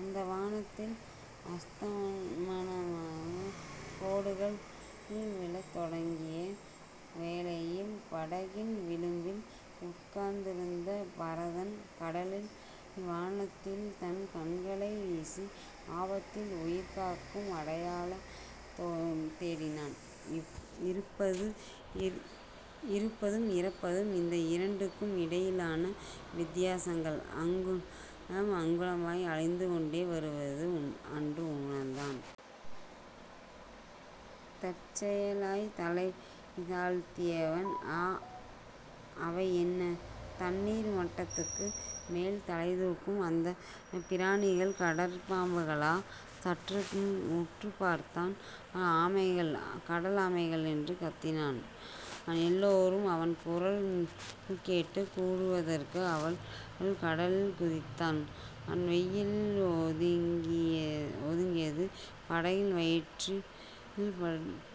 அந்தி வானத்தில் அஸதமனக் கோடுகள் விழத் தொடங்கிய வேளையில், படகின் விளிம்பில் உட்கார்ந்திருந்த பரதன் கடலிலும் வானத்திலும் தன் கண்களை வீசி, ஆபத்தில் உயிர் காக்கும் அடையாளம் தேடினான். இருப்பது இறப்பது இந்த இரண்டுக்கும் இடையிலான வித்தியாசங்கள், அங்குலம் அங்குலமாக அழிந்துகொண்டே வருவதை அவன் உணர்ந்தான். தற்செயலாய்த் தலை தாழ்த்தினான். ஆ. அவை என்ன? தண்ணீர் மட்டத்துக்கு மேல் தலைதூக்கும் அந்தப் பிராணிகள் கடற்பாம்புகளா? சற்றே உற்றுப் பார்த்தான். ஆமைகள். கடல் ஆமைகள். என்று கத்தினான். எல்லோரும் அவன் குரல் கேட்டுக் கூடுவதற்குள் அவன் கடலில் குதித்தான். வெயிலில் ஒதுங்கவும். படகின் வயிற்றில்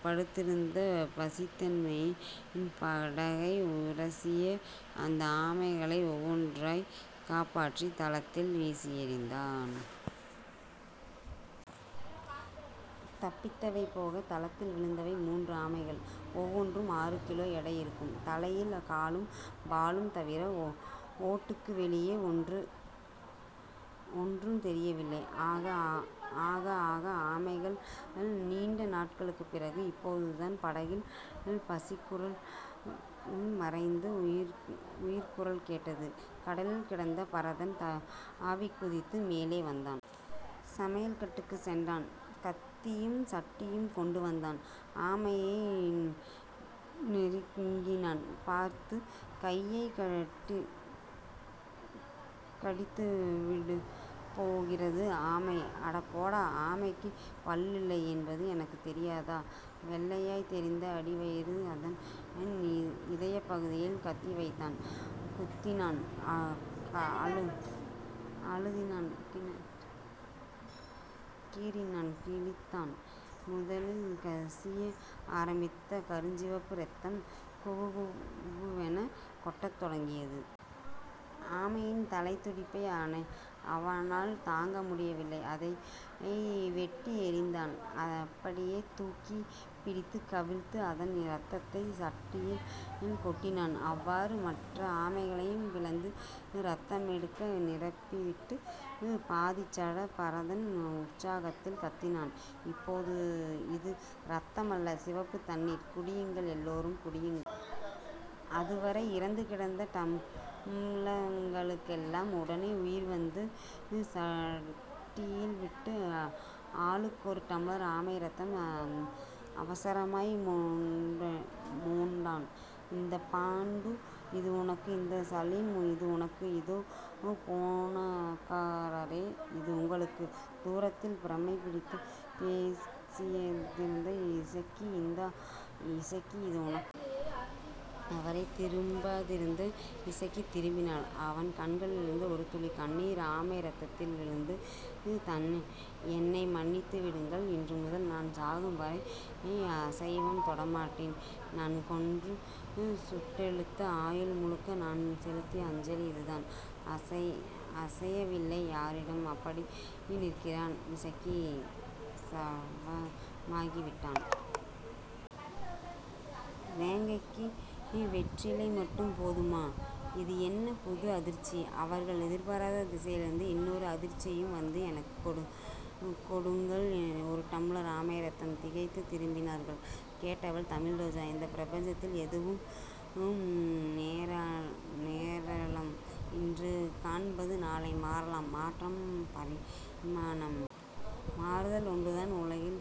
படிந்திருக்கும் பாசிதின்னவும் படகை உரசிய அந்த ஆமைகளை ஒவ்வொன்றாய்த் தலைபற்றித் தளத்தில் வீசியெறிந்தான்.. தப்பித்தவை போகத் தளத்தில் விழுந்தவை முன்று ஆமைகள். ஒவ்வொன்றும் ஆறு கிலோ எடை இருக்கும். தலையும் காலும் வாலும் தவிர ஓட்டுக்கு வெளியே ஒன்றும் தெரியவில்லை. ஆகா. ஆகா. ஆமைகள். நீண்ட நாட்களுக்குப் பிறகு இப்போதுதான் படகில் பசிக்குரல் மறைந்து உயிர்க்குரல் கேட்டது. கடலில் கிடந்த பரதன் தாவிக்குதித்து மேலே வந்தான். சமையல்கட்டு சென்றான். கத்தியும் சட்டியும் கொண்டுவந்தான். ஆமைகளை நெருங்கினான். பார்த்து. கையைக் கடித்துவிடப்போகிறது ஆமை. அடப்போடா. ஆமைக்குப் பல்லில்லை என்பது எனக்குத் தெரியாதா? வெள்ளையாய்த் தெரிந்தது அடிவயிறு. அதன் இதயப்பகுதியில் கத்தி வைத்தான். குத்தினான் அழுத்தினான் கீறினான் கிழித்தான். முதலில் கசிய ஆரம்பித்த கருஞ்சிவப்பு ரத்தம் குபுகுபுவெனக் கொட்டத் தொடங்கியது. ஆமையின் தலைதுடிப்பதை அவனால் தாங்க முடியவில்லை. அதை வெட்டி எறிந்தான். அப்படியே தூக்கிப் பிடித்துக் கவிழ்த்து அதன் ரத்தத்தைச் சட்டியில் கொட்டினான். அவ்வாறே மற்ற ஆமைகளையும் பிளந்து ரத்தமெடுக்க, நிரம்பிவிட்டது. பாதிச்சட்டி பரதன் உற்சாகத்தில் கத்தினான். இப்போது இது ரத்தமல்ல. சிவப்பு தண்ணீர் குடியுங்கள் எல்லோரும் குடியுங்கள். அதுவரை இறந்துகிடந்த டம்ளர்களுக்கெல்லாம் உடனே உயிர் வந்தது. சட்டியில் விட்டு ஆளுக்கொரு டம்ளர் ஆமை ரத்தம் அவசரமாய் மொண்டான். இந்தா பாண்டி. இது உனக்கு. இந்தா சலீம். இது உனக்கு. இதோ பேனாக்காரரே. இது உங்களுக்கு. தூரத்தில் பிரமை பிடித்துப் பேசாதிருந்தான் இசக்கி. இந்தா இசக்கி இது உனக்கு. அதுவரை திரும்பாதிருந்த இசக்கி திரும்பினான். அவன் கண்ணிலிருந்து ஒரு துளிக் கண்ணீர் ஆமை ரத்தத்தில் விழுந்தது. என்னை மன்னித்து விடுங்கள். இன்றுமுதல் நான் சாகும் வரைக்கும் அசைவம் தொடமாட்டேன். நான் கொன்ற சுண்டெலிக்கு ஆயுள் முழுதும் நான் செலுத்தும் அஞ்சலி அதுதான். அசையவில்லை யாரும், அப்படியே நின்றார்கள் இசக்கி சைவமாகிவிட்டானா? வேங்கைக்கு வெற்றிலை மட்டும் போதுமா? இது என்ன புது அதிர்ச்சி. அவர்கள் எதிர்பாராத திசையிலிருந்து இன்னோர் அதிர்ச்சியும் வந்தது. எனக்கும் கொடுங்கள் ஒரு டம்ளர் ஆமை ரத்தம். திகைத்து திரும்பினார்கள். கேட்டவள் தமிழ்ரோஜா. இந்தப் பிரபஞ்சத்தில் எதுவும் நேரலாம். இன்று காண்பது நாளை மாறலாம். மாற்றமே பரிணாமம். மாறுதல் ஒன்றுதான் உலகில்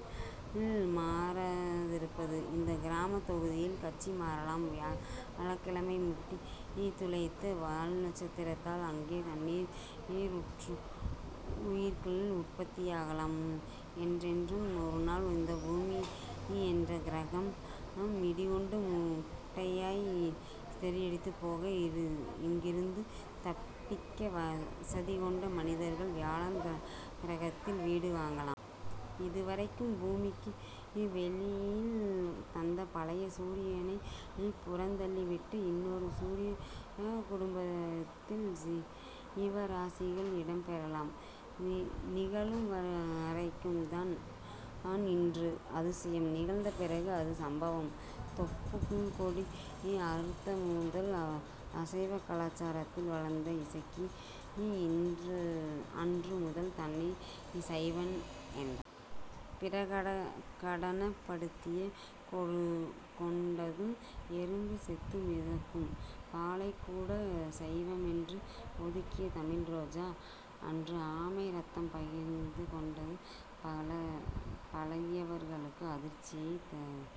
மாறாதிருப்பது. இந்தக் கிரகத் தொகுதியும் கட்சி மாறலாம். வியாழனை முட்டித் துளைத்த வால்நட்சத்திரத்தால் அங்கே தண்ணீரும் உயிர்களும் உற்பத்தியாகலாம். என்றேனும் ஒரு நாள் இந்தப் பூமி என்னும் கிரகம் இடிகொண்ட முட்டையாய்ச் சிதறுண்டு போக, இங்கிருந்து தப்பிக்க வசதிகொண்ட மனிதர்கள் வியாழன் கிரகத்தில் வீடு வாங்கலாம். இதுவரைக்கும் பூமிக்கு வெயில் தந்த பழைய சூரியனைப் புறந்தள்ளிவிட்டு, இன்னொரு சூரியக் குடும்பத்துக்கு ஜீவராசிகள் இடம் பெயரலாம். நிகழும் வரைக்கும்தான் ஒன்று அதிசயம். நிகழ்ந்த பிறகு அது சம்பவம். தொப்பூழ்க்கொடி அறுத்தது முதல் அசைவக் கலாசாரத்திலேயே வளர்ந்த இசக்கி, அன்று முதல் தன்னைச் சைவன் என்று பிரகடனப்படுத்திக் கொண்டதும் எறும்பு செத்து மிதக்கும் பாலைக்கூட அசைவமென்று ஒதுக்கிய தமிழ் ரோஜா, அன்று ஆமை ரத்தம் பருகக் கேட்டதும் பழகியவர்களுக்கு அதிர்ச்சியே தவிர